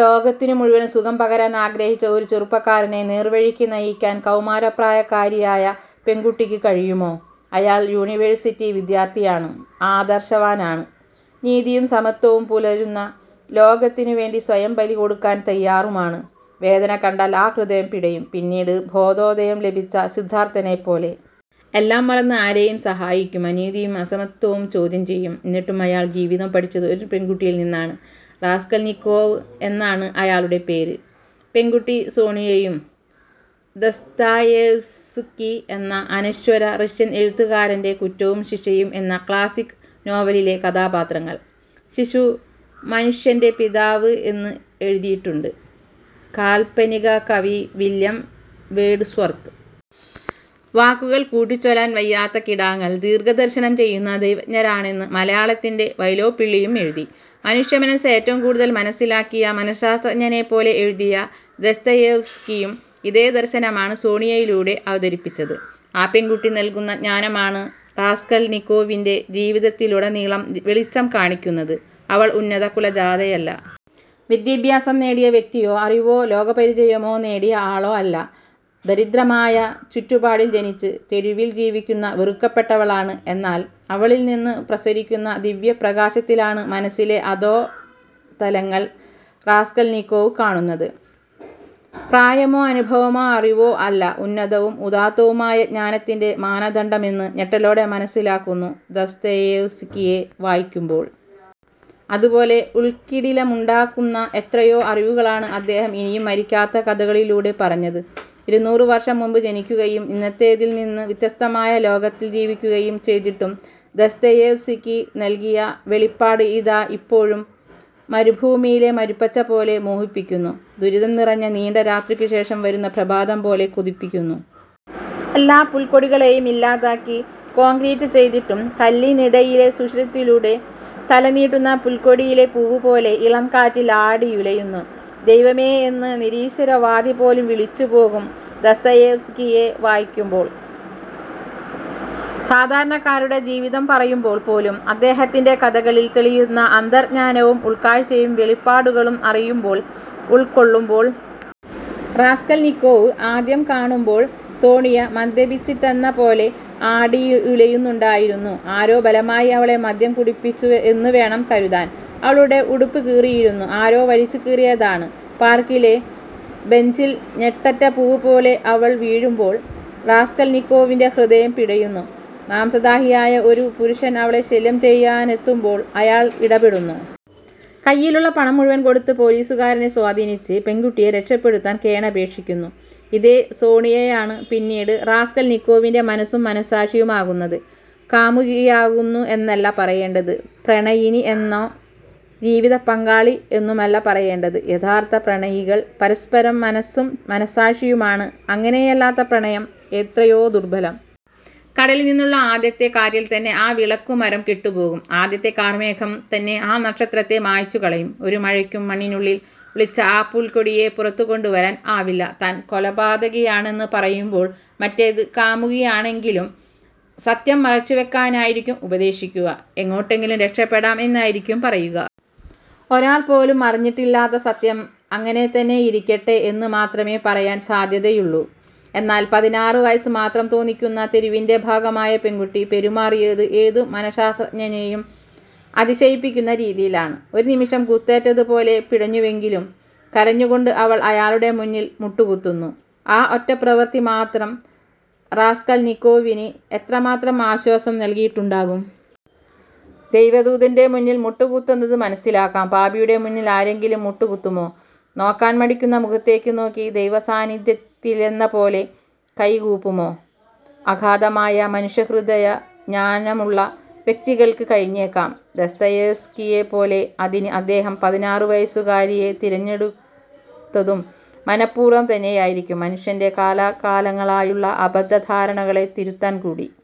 ലോകത്തിനു മുഴുവൻ സുഖം പകരാൻ ആഗ്രഹിച്ച ഒരു ചെറുപ്പക്കാരനെ നേർവഴിക്ക് നയിക്കാൻ കൗമാരപ്രായക്കാരിയായ പെൺകുട്ടിക്ക് കഴിയുമോ? അയാൾ യൂണിവേഴ്സിറ്റി വിദ്യാർത്ഥിയാണ്, ആദർശവാനാണ്. നീതിയും സമത്വവും പുലരുന്ന ലോകത്തിനു വേണ്ടി സ്വയം ബലി കൊടുക്കാൻ തയ്യാറുമാണ്. വേദന കണ്ടാൽ ആ ഹൃദയം പിടയും, പിന്നീട് ബോധോദയം ലഭിച്ച സിദ്ധാർത്ഥനെപ്പോലെ. എല്ലാം മറന്ന് ആരെയും സഹായിക്കും. അനീതിയും അസമത്വവും ചോദ്യം ചെയ്യും. എന്നിട്ടും അയാൾ ജീവിതം പഠിച്ചത് ഒരു പെൺകുട്ടിയിൽ നിന്നാണ്. റാസ്കൾനിക്കോവ് എന്നാണ് അയാളുടെ പേര്. പെൺകുട്ടി സോണിയയും. ദസ്തയേവ്സ്കി എന്ന അനശ്വര റഷ്യൻ എഴുത്തുകാരൻ്റെ കുറ്റവും ശിക്ഷയും എന്ന ക്ലാസിക് നോവലിലെ കഥാപാത്രങ്ങൾ. ശിശു മനുഷ്യൻ്റെ പിതാവ് എന്ന് എഴുതിയിട്ടുണ്ട് കാൽപ്പനിക കവി വില്യം വേഡ്സ്വർത്ത്. വാക്കുകൾ കൂട്ടിച്ചൊല്ലാൻ വയ്യാത്ത കിടാങ്ങൾ ദീർഘദർശനം ചെയ്യുന്ന ദൈവജ്ഞരാണെന്ന് മലയാളത്തിൻ്റെ വൈലോപ്പിള്ളിയും എഴുതി. മനുഷ്യ മനസ്സ് ഏറ്റവും കൂടുതൽ മനസ്സിലാക്കിയ, മനഃശാസ്ത്രജ്ഞനെപ്പോലെ എഴുതിയ ദസ്തയേവ്സ്കിയും ഇതേ ദർശനമാണ് സോണിയയിലൂടെ അവതരിപ്പിച്ചത്. ആ പെൺകുട്ടി നൽകുന്ന ജ്ഞാനമാണ് റാസ്കൾനിക്കോവിൻ്റെ ജീവിതത്തിലുടനീളം വെളിച്ചം കാണിക്കുന്നത്. അവൾ ഉന്നത കുലജാതയല്ല. വിദ്യാഭ്യാസം നേടിയ വ്യക്തിയോ അറിവോ ലോകപരിചയമോ നേടിയ ആളോ അല്ല. ദരിദ്രമായ ചുറ്റുപാടിൽ ജനിച്ച്, തെരുവിൽ ജീവിക്കുന്ന വെറുക്കപ്പെട്ടവളാണ്. എന്നാൽ അവളിൽ നിന്ന് പ്രസരിക്കുന്ന ദിവ്യപ്രകാശത്തിലാണ് മനസ്സിലെ അധോതലങ്ങൾ റാസ്കൾനിക്കോവ് കാണുന്നത്. പ്രായമോ അനുഭവമോ അറിവോ അല്ല ഉന്നതവും ഉദാത്തവുമായ ജ്ഞാനത്തിൻ്റെ മാനദണ്ഡമെന്ന് ഞെട്ടലോടെ മനസ്സിലാക്കുന്നു ദസ്തയേവ്സ്കിയെ വായിക്കുമ്പോൾ. അതുപോലെ ഉൾക്കിടിലമുണ്ടാക്കുന്ന എത്രയോ അറിവുകളാണ് അദ്ദേഹം ഇനിയും മരിക്കാത്ത കഥകളിലൂടെ പറഞ്ഞത്. ഇരുനൂറ് വർഷം മുൻപ് ജനിക്കുകയും ഇന്നത്തേതിൽ നിന്ന് വ്യത്യസ്തമായ ലോകത്തിൽ ജീവിക്കുകയും ചെയ്തിട്ടും ദസ്തയേവ്സ്കി നൽകിയ വെളിപാട് ഇതാ ഇപ്പോഴും മരുഭൂമിയിലെ മരുപ്പച്ച പോലെ മോഹിപ്പിക്കുന്നു. ദുരിതം നിറഞ്ഞ നീണ്ട രാത്രിക്കു ശേഷം വരുന്ന പ്രഭാതം പോലെ കൊതിപ്പിക്കുന്നു. എല്ലാ പുൽക്കൊടികളെയും ഇല്ലാതാക്കി കോൺക്രീറ്റ് ചെയ്തിട്ടും കല്ലിനിടയിലെ സുഷിരത്തിലൂടെ തല നീട്ടുന്ന പുൽക്കൊടിയിലെ പൂവ് പോലെ ഇളംകാറ്റിൽ ആടിയുലയുന്നു. ദൈവമേ എന്ന് നിരീശ്വരവാദി പോലും വിളിച്ചുപോകും ദസ്തയേവ്സ്കിയെ വായിക്കുമ്പോൾ. സാധാരണക്കാരുടെ ജീവിതം പറയുമ്പോൾ പോലും അദ്ദേഹത്തിൻ്റെ കഥകളിൽ തെളിയുന്ന അന്തർജ്ഞാനവും ഉൾക്കാഴ്ചയും വെളിപാടുകളും അറിയുമ്പോൾ, ഉൾക്കൊള്ളുമ്പോൾ. റാസ്കൾനിക്കോവ് ആദ്യം കാണുമ്പോൾ സോണിയ മദ്യപിച്ചിട്ടെന്ന പോലെ ആടിയുലയുന്നുണ്ടായിരുന്നു. ആരോ ബലമായി അവളെ മദ്യം കുടിപ്പിച്ചു എന്ന് വേണം കരുതാൻ. അവളുടെ ഉടുപ്പ് കീറിയിരുന്നു. ആരോ വലിച്ചുകീറിയതാണ്. പാർക്കിലെ ബെഞ്ചിൽ ഞെട്ടറ്റ പൂവ് പോലെ അവൾ വീഴുമ്പോൾ, റാസ്കൾനിക്കോവിൻ്റെ ഹൃദയം പിടയുന്നു. മാംസദാഹിയായ ഒരു പുരുഷൻ അവളെ ശല്യം ചെയ്യാനെത്തുമ്പോൾ അയാൾ ഇടപെടുന്നു. കയ്യിലുള്ള പണം മുഴുവൻ കൊടുത്ത് പോലീസുകാരനെ സ്വാധീനിച്ച് പെൺകുട്ടിയെ രക്ഷപ്പെടുത്താൻ കേണപേക്ഷിക്കുന്നു. ഇതേ സോണിയയാണ് പിന്നീട് റാസ്കൾനിക്കോവിൻ്റെ മനസ്സും മനഃസാക്ഷിയുമാകുന്നത്. കാമുകിയാകുന്നു എന്നല്ല പറയേണ്ടത്, പ്രണയിനി എന്നോ ജീവിത പങ്കാളി എന്നുമല്ല പറയേണ്ടത്. യഥാർത്ഥ പ്രണയികൾ പരസ്പരം മനസ്സും മനഃസാക്ഷിയുമാണ്. അങ്ങനെയല്ലാത്ത പ്രണയം എത്രയോ ദുർബലം! കടലിൽ നിന്നുള്ള ആദ്യത്തെ കാറ്റിൽത്തന്നെ ആ വിളക്കുമരം കെട്ടുപോകും. ആദ്യത്തെ കാർമേഘം തന്നെ ആ നക്ഷത്രത്തെ മായ്ച്ചുകളയും. ഒരു മഴയ്ക്കും മണ്ണിനുള്ളിൽ ഒളിച്ച ആ പുൽക്കൊടിയെ പുറത്തുകൊണ്ടുവരാൻ ആവില്ല. താൻ കൊലപാതകിയാണെന്ന് പറയുമ്പോൾ മറ്റേത് കാമുകിയാണെങ്കിലും സത്യം മറച്ചുവെക്കാനായിരിക്കും ഉപദേശിക്കുക. എങ്ങോട്ടെങ്കിലും രക്ഷപ്പെടാം എന്നായിരിക്കും പറയുക. ഒരാൾ പോലും അറിഞ്ഞിട്ടില്ലാത്ത സത്യം അങ്ങനെതന്നെയിരിക്കട്ടെ എന്ന് മാത്രമേ പറയാൻ സാധ്യതയുള്ളൂ. എന്നാൽ, പതിനാറ് വയസ്സ് മാത്രം തോന്നിക്കുന്ന, തെരുവിൻ്റെ ഭാഗമായ പെൺകുട്ടി പെരുമാറിയത് ഏതു മനഃശാസ്ത്രജ്ഞനെയും അതിശയിപ്പിക്കുന്ന രീതിയിലാണ്. ഒരു നിമിഷം കുത്തേറ്റതുപോലെ പിടഞ്ഞുവെങ്കിലും കരഞ്ഞുകൊണ്ട് അവൾ അയാളുടെ മുന്നിൽ മുട്ടുകുത്തുന്നു. ആ ഒറ്റ പ്രവൃത്തി മാത്രം റാസ്കൾനിക്കോവിന് എത്രമാത്രം ആശ്വാസം നൽകിയിട്ടുണ്ടാകും. ദൈവദൂതൻ്റെ മുന്നിൽ മുട്ടുകുത്തുന്നത് മനസ്സിലാക്കാം, പാപിയുടെ മുന്നിൽ ആരെങ്കിലും മുട്ടുകുത്തുമോ? നോക്കാൻ മടിക്കുന്ന മുഖത്തേക്ക് നോക്കി ദൈവസാന്നിധ്യത്തിലെന്നപോലെ കൈകൂപ്പുമോ? അഗാധമായ മനുഷ്യഹൃദയ ജ്ഞാനമുള്ള വ്യക്തികൾക്ക് കഴിഞ്ഞേക്കാം, ദസ്തയേവ്സ്കിയെപ്പോലെ. അതിന് അദ്ദേഹം പതിനാറ് വയസ്സുകാരിയെ തിരഞ്ഞെടുത്തതും മനഃപൂർവ്വം തന്നെയായിരിക്കും, മനുഷ്യൻ്റെ കാലാകാലങ്ങളായുള്ള അബദ്ധ ധാരണകളെ തിരുത്താൻ കൂടി.